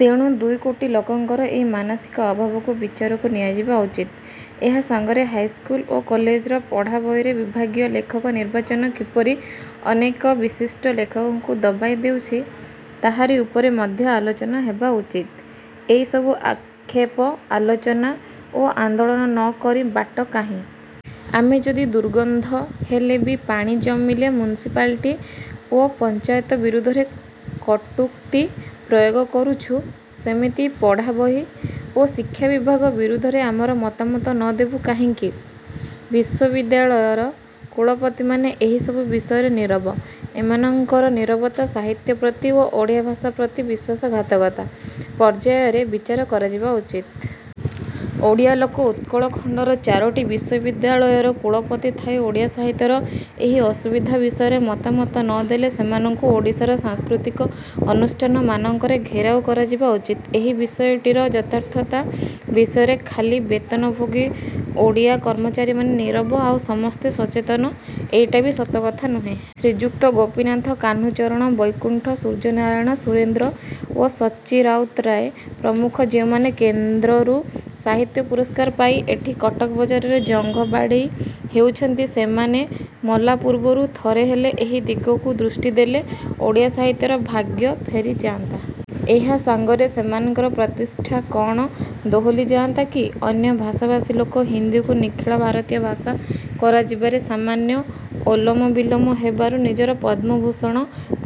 ତେଣୁ ଦୁଇ କୋଟି ଲୋକଙ୍କର ଏଇ ମାନସିକ ଅଭାବକୁ ବିଚାରକୁ ନିଆଯିବା ଉଚିତ। ଏହା ସାଙ୍ଗରେ ହାଇସ୍କୁଲ ଓ କଲେଜର ପଢ଼ାବହିରେ ବିଭାଗୀୟ ଲେଖକ ନିର୍ବାଚନ କିପରି ଅନେକ ବିଶିଷ୍ଟ ଲେଖକଙ୍କୁ ଦବାଇଦେଉଛି, ତାହାରି ଉପରେ ମଧ୍ୟ ଆଲୋଚନା ହେବା ଉଚିତ। ଏଇସବୁ ଆକ୍ଷେପ, ଆଲୋଚନା ଓ ଆନ୍ଦୋଳନ ନ କରି ବାଟ କାହିଁ? ଆମେ ଯଦି ଦୁର୍ଗନ୍ଧ ହେଲେ ବି ପାଣି ଜମିଲେ ମ୍ୟୁନିସିପାଲିଟି ଓ ପଞ୍ଚାୟତ ବିରୁଦ୍ଧରେ କଟୁକ୍ତି ପ୍ରୟୋଗ କରୁଛୁ, ସେମିତି ପଢ଼ାବହି ଓ ଶିକ୍ଷା ବିଭାଗ ବିରୁଦ୍ଧରେ ଆମର ମତାମତ ନ ଦେବୁ କାହିଁକି? ବିଶ୍ୱବିଦ୍ୟାଳୟର କୁଳପତିମାନେ ଏହିସବୁ ବିଷୟରେ ନୀରବ। ଏମାନଙ୍କର ନୀରବତା ସାହିତ୍ୟ ପ୍ରତି ଓ ଓଡ଼ିଆ ଭାଷା ପ୍ରତି ବିଶ୍ୱାସଘାତକତା ପର୍ଯ୍ୟାୟରେ ବିଚାର କରାଯିବା ଉଚିତ। ଓଡ଼ିଆ ଲୋକ ଉତ୍କଳଖଣ୍ଡର ଚାରୋଟି ବିଶ୍ୱବିଦ୍ୟାଳୟର କୁଳପତି ଥାଇ ଓଡ଼ିଆ ସାହିତ୍ୟର ଏହି ଅସୁବିଧା ବିଷୟରେ ମତାମତ ନ ଦେଲେ ସେମାନଙ୍କୁ ଓଡ଼ିଶାର ସାଂସ୍କୃତିକ ଅନୁଷ୍ଠାନମାନଙ୍କରେ ଘେରାଉ କରାଯିବା ଉଚିତ। ଏହି ବିଷୟଟିର ଯଥାର୍ଥତା ବିଷୟରେ ଖାଲି ବେତନଭୋଗୀ ଓଡ଼ିଆ କର୍ମଚାରୀମାନେ ନୀରବ ଆଉ ସମସ୍ତେ ସଚେତନ, ଏଇଟା ବି ସତ କଥା ନୁହେଁ। ଶ୍ରୀଯୁକ୍ତ ଗୋପୀନାଥ, କାହ୍ନୁଚରଣ, ବୈକୁଣ୍ଠ, ସୂର୍ଯ୍ୟନାରାୟଣ, ସୁରେନ୍ଦ୍ର ଓ ସଚ୍ଚି ରାଉତରାୟ ପ୍ରମୁଖ ଯେଉଁମାନେ କେନ୍ଦ୍ରରୁ ସାହିତ୍ୟ ପୁରସ୍କାର ପାଇ ଏଠି କଟକ ବଜାରରେ ଜଙ୍ଘ ବାଡ଼େଇ ହେଉଛନ୍ତି, ସେମାନେ ମଲା ପୂର୍ବରୁ ଥରେ ହେଲେ ଏହି ଦିଗକୁ ଦୃଷ୍ଟି ଦେଲେ ଓଡ଼ିଆ ସାହିତ୍ୟର ଭାଗ୍ୟ ଫେରିଯାନ୍ତା। ଏହା ସାଙ୍ଗରେ ସେମାନଙ୍କର ପ୍ରତିଷ୍ଠା କ'ଣ ଦୋହଲି ଯାଆନ୍ତା କି?ଅନ୍ୟ ଭାଷାଭାଷୀ ଲୋକ ହିନ୍ଦୀକୁ ନିଖିଳ ଭାରତୀୟ ଭାଷା କରାଯିବାରେ ସାମାନ୍ୟ ଓଲମବିଲମ ହେବାରୁ ନିଜର ପଦ୍ମଭୂଷଣ,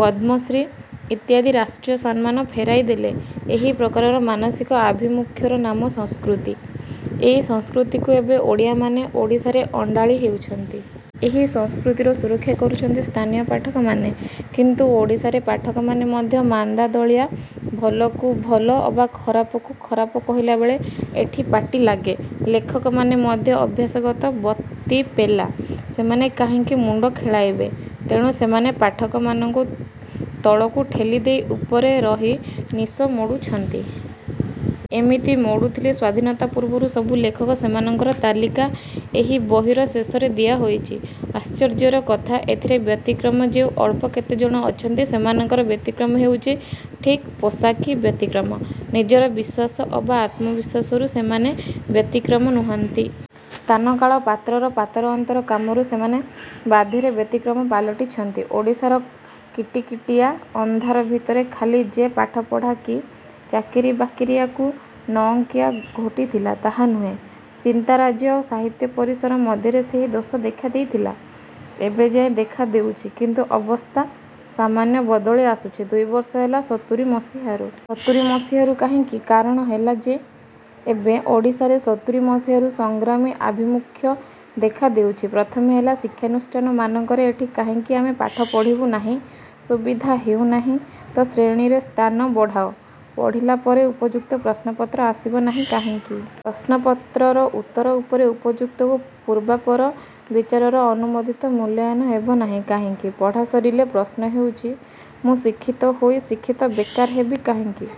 ପଦ୍ମଶ୍ରୀ ଇତ୍ୟାଦି ରାଷ୍ଟ୍ରୀୟ ସମ୍ମାନ ଫେରାଇଦେଲେ। ଏହି ପ୍ରକାରର ମାନସିକ ଆଭିମୁଖ୍ୟର ନାମ ସଂସ୍କୃତି। ଏଇ ସଂସ୍କୃତିକୁ ଏବେ ଓଡ଼ିଆମାନେ ଓଡ଼ିଶାରେ ଅଣ୍ଡାଳି ହେଉଛନ୍ତି। ଏହି ସଂସ୍କୃତିର ସୁରକ୍ଷା କରୁଛନ୍ତି ସ୍ଥାନୀୟ ପାଠକମାନେ; କିନ୍ତୁ ଓଡ଼ିଶାରେ ପାଠକମାନେ ମଧ୍ୟ ମାନ୍ଦାଦଳିଆ, ଭଲକୁ ଭଲ ଅବା ଖରାପକୁ ଖରାପ କହିଲା ବେଳେ ଏଠି ପାଟି ଲାଗେ। ଲେଖକମାନେ ମଧ୍ୟ ଅଭ୍ୟାସଗତ ବତିପେଲା, ସେମାନେ କାହିଁକି ମୁଣ୍ଡ ଖେଳାଇବେ? ତେଣୁ ସେମାନେ ପାଠକମାନଙ୍କୁ ତଳକୁ ଠେଲିଦେଇ ଉପରେ ରହି ନିଶ ମୋଡୁଛନ୍ତି। ଏମିତି ମୋଡୁଥିଲେ ସ୍ୱାଧୀନତା ପୂର୍ବର ସବୁ ଲେଖକ, ସେମାନଙ୍କର ତାଲିକା ଏହି ବହିର ଶେଷରେ ଦିଆହୋଇଛି। ଆଶ୍ଚର୍ଯ୍ୟର କଥା, ଏଥିରେ ବ୍ୟତିକ୍ରମ ଯେଉଁ ଅଳ୍ପ କେତେଜଣ ଅଛନ୍ତି ସେମାନଙ୍କର ବ୍ୟତିକ୍ରମ ହେଉଛି ଠିକ୍ ପୋଷାକୀ ବ୍ୟତିକ୍ରମ। ନିଜର ବିଶ୍ୱାସ ଅବା ଆତ୍ମବିଶ୍ୱାସରୁ ସେମାନେ ବ୍ୟତିକ୍ରମ ନୁହନ୍ତି। ସ୍ଥାନ, କାଳ, ପାତ୍ରର ପାତରଅନ୍ତର କାମରୁ ସେମାନେ ବାଧ୍ୟରେ ବ୍ୟତିକ୍ରମ ପାଲଟିଛନ୍ତି। ଓଡ଼ିଶାର କିଟିକିଟିଆ ଅନ୍ଧାର ଭିତରେ ଖାଲି ଯେ ପାଠପଢ଼ା କି ଚାକିରିବାକିରିକୁ ନଅଙ୍କିଆ ଘୋଟିଥିଲା ତାହା ନୁହେଁ, ଚିନ୍ତାରାଜ୍ୟ ଆଉ ସାହିତ୍ୟ ପରିସର ମଧ୍ୟରେ ସେହି ଦୋଷ ଦେଖାଦେଇଥିଲା। ଏବେ ଯାଏ ଦେଖାଦେଉଛି; କିନ୍ତୁ ଅବସ୍ଥା ସାମାନ୍ୟ ବଦଳିଆସୁଛି ଦୁଇ ବର୍ଷ ହେଲା, ସତୁରି ମସିହାରୁ। ସତୁରି ମସିହାରୁ କାହିଁକି? କାରଣ ହେଲା ଯେ ଏବେ ଓଡ଼ିଶାରେ ସତୁରି ମସିହାରୁ ସଂଗ୍ରାମୀ ଆଭିମୁଖ୍ୟ ଦେଖାଦେଉଛି। ପ୍ରଥମେ ହେଲା ଶିକ୍ଷାନୁଷ୍ଠାନମାନଙ୍କରେ। ଏଠି କାହିଁକି ଆମେ ପାଠ ପଢ଼ିବୁ ନାହିଁ? ସୁବିଧା ହେଉନାହିଁ ତ ଶ୍ରେଣୀରେ ସ୍ଥାନ ବଢ଼ାଅ। ପଢ଼ିଲା ପରେ ଉପଯୁକ୍ତ ପ୍ରଶ୍ନପତ୍ର ଆସିବ ନାହିଁ କାହିଁକି? ପ୍ରଶ୍ନପତ୍ରର ଉତ୍ତର ଉପରେ ଉପଯୁକ୍ତ ଓ ପୂର୍ବାପର ବିଚାରର ଅନୁମୋଦିତ ମୂଲ୍ୟାୟନ ହେବ ନାହିଁ କାହିଁକି? ପଢ଼ା ସରିଲେ ପ୍ରଶ୍ନ ହେଉଛି, ମୁଁ ଶିକ୍ଷିତ ହୋଇ ଶିକ୍ଷିତ ବେକାର ହେବି କାହିଁକି?